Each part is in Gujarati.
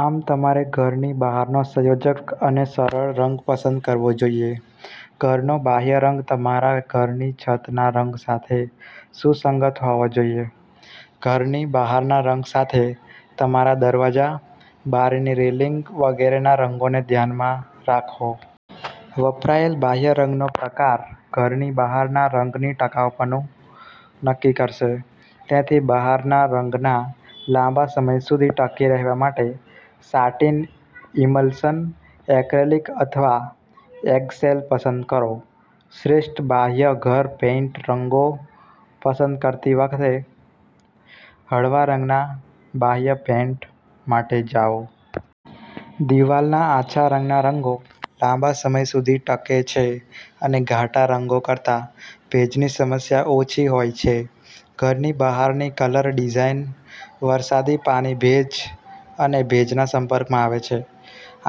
આમ, તમારે ઘરની બહારનો સંયોજક અને સરળ રંગ પસંદ કરવો જોઈએ. ઘરનો બાહ્ય રંગ તમારા ઘરની છતના રંગ સાથે સુસંગત હોવો જોઈએ. ઘરની બહારના રંગ સાથે તમારા દરવાજા, બારીની રેલિંગ વગેરેના રંગોને ધ્યાનમાં રાખો. વપરાયેલ બાહ્ય રંગનો પ્રકાર ઘરની બહારના રંગની ટકાઉપણું નક્કી કરશે. તેથી, બહારના રંગના લાંબા સમય સુધી ટકી રહેવા માટે સાટિન, ઇમલ્સન, એક્રેલિક અથવા એગશેલ પસંદ કરો. શ્રેષ્ઠ બાહ્ય ઘર પેઇન્ટ રંગો પસંદ કરતી વખતે હળવા રંગના બાહ્ય પેઇન્ટ માટે જાઓ. દીવાલના આછા રંગના રંગો લાંબા સમય સુધી ટકે છે અને ઘાટા રંગો કરતાં ભેજની સમસ્યા ઓછી હોય છે. ઘરની બહારની કલર ડિઝાઈન વરસાદી પાણી, ભેજ અને ભેજના સંપર્કમાં આવે છે.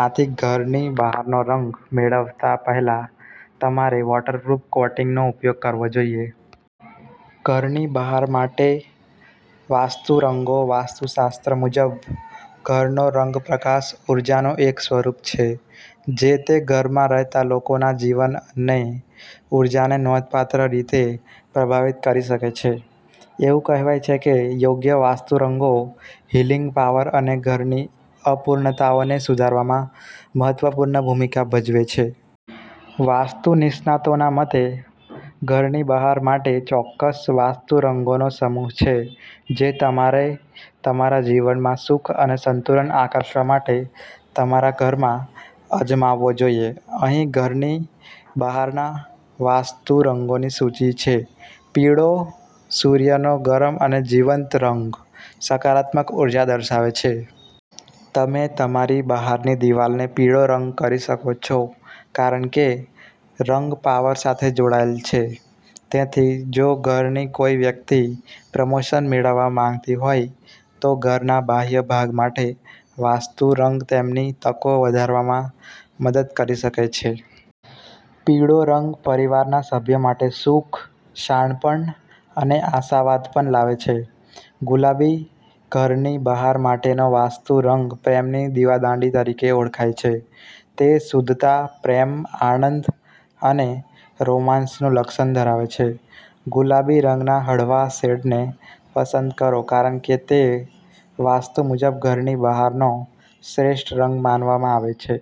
આથી, ઘરની બહારનો રંગ મેળવતા પહેલા તમારે વોટરપ્રૂફ કોટિંગનો ઉપયોગ કરવો જોઈએ. ઘરની બહાર માટે વાસ્તુ રંગો વાસ્તુશાસ્ત્ર મુજબ, ઘરનો રંગપ્રકાશ ઊર્જાનું એક સ્વરૂપ છે જે તે ઘરમાં રહેતા લોકોના જીવન અને ઊર્જાને નોંધપાત્ર રીતે પ્રભાવિત કરી શકે છે. એવું કહેવાય છે કે યોગ્ય વાસ્તુ રંગો હીલિંગ પાવર અને ઘરની અપૂર્ણતાઓને સુધારવામાં મહત્વપૂર્ણ ભૂમિકા ભજવે છે. વાસ્તુ નિષ્ણાતોના મતે, ઘરની બહાર માટે ચોક્કસ વાસ્તુ રંગોનો સમૂહ છે જે તમારે તમારા જીવનમાં સુખ અને સંતુલન આકર્ષવા માટે તમારા ઘરમાં અજમાવવો જોઈએ. અહીં ઘરની બહારના વાસ્તુ રંગોની સૂચિ છે. પીળો, સૂર્યનો ગરમ અને જીવંત રંગ, સકારાત્મક ઉર્જા દર્શાવે છે. તમે તમારી બહારની દિવાલને પીળો રંગ કરી શકો છો કારણ કે રંગ પાવર સાથે જોડાયેલ છે. તેથી જો ઘરની કોઈ વ્યક્તિ પ્રમોશન મેળવવા માંગતી હોય, તો ઘરના બાહ્ય ભાગ માટે વાસ્તુ રંગ તેમની તકો વધારવામાં મદદ કરી શકે છે. પીળો રંગ પરિવારના સભ્યો માટે સુખ, શાણપણ અને આશાવાદ પણ લાવે છે. ગુલાબી ઘરની બહાર માટેનો વાસ્તુ રંગ પ્રેમની દીવાદાંડી તરીકે ઓળખાય છે. તે શુદ્ધતા, પ્રેમ, આનંદ અને રોમાંસનું લક્ષણ ધરાવે છે. ગુલાબી રંગના હળવા શેડને પસંદ કરો કારણ કે તે વાસ્તુ મુજબ ઘરની બહારનો શ્રેષ્ઠ રંગ માનવામાં આવે છે.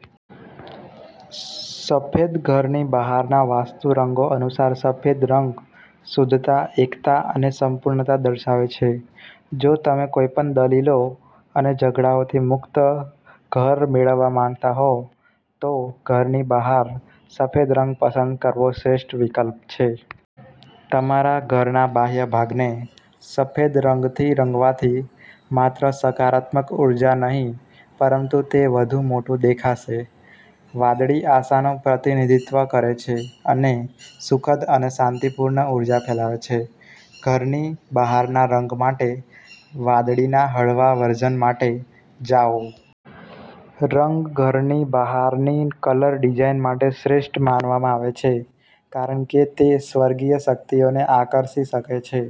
સફેદ ઘરની બહારના વાસ્તુ રંગો અનુસાર, સફેદ રંગ શુદ્ધતા, એકતા અને સંપૂર્ણતા દર્શાવે છે. જો તમે કોઈપણ દલીલો અને ઝઘડાઓથી મુક્ત ઘર મેળવવા માંગતા હો, તો ઘરની બહાર સફેદ રંગ પસંદ કરવો શ્રેષ્ઠ વિકલ્પ છે. તમારા ઘરના બાહ્ય ભાગને સફેદ રંગથી રંગવાથી માત્ર સકારાત્મક ઉર્જા નહીં પરંતુ તે વધુ મોટું દેખાશે. વાદળી આશાનું પ્રતિનિધિત્વ કરે છે અને સુખદ અને શાંતિપૂર્ણ ઊર્જા ફેલાવે છે. ઘરની બહારના રંગ માટે વાદળીના હળવા વર્ઝન માટે જાઓ. રંગ ઘરની બહારની કલર ડિઝાઇન માટે શ્રેષ્ઠ માનવામાં આવે છે કારણ કે તે સ્વર્ગીય શક્તિઓને આકર્ષી શકે છે.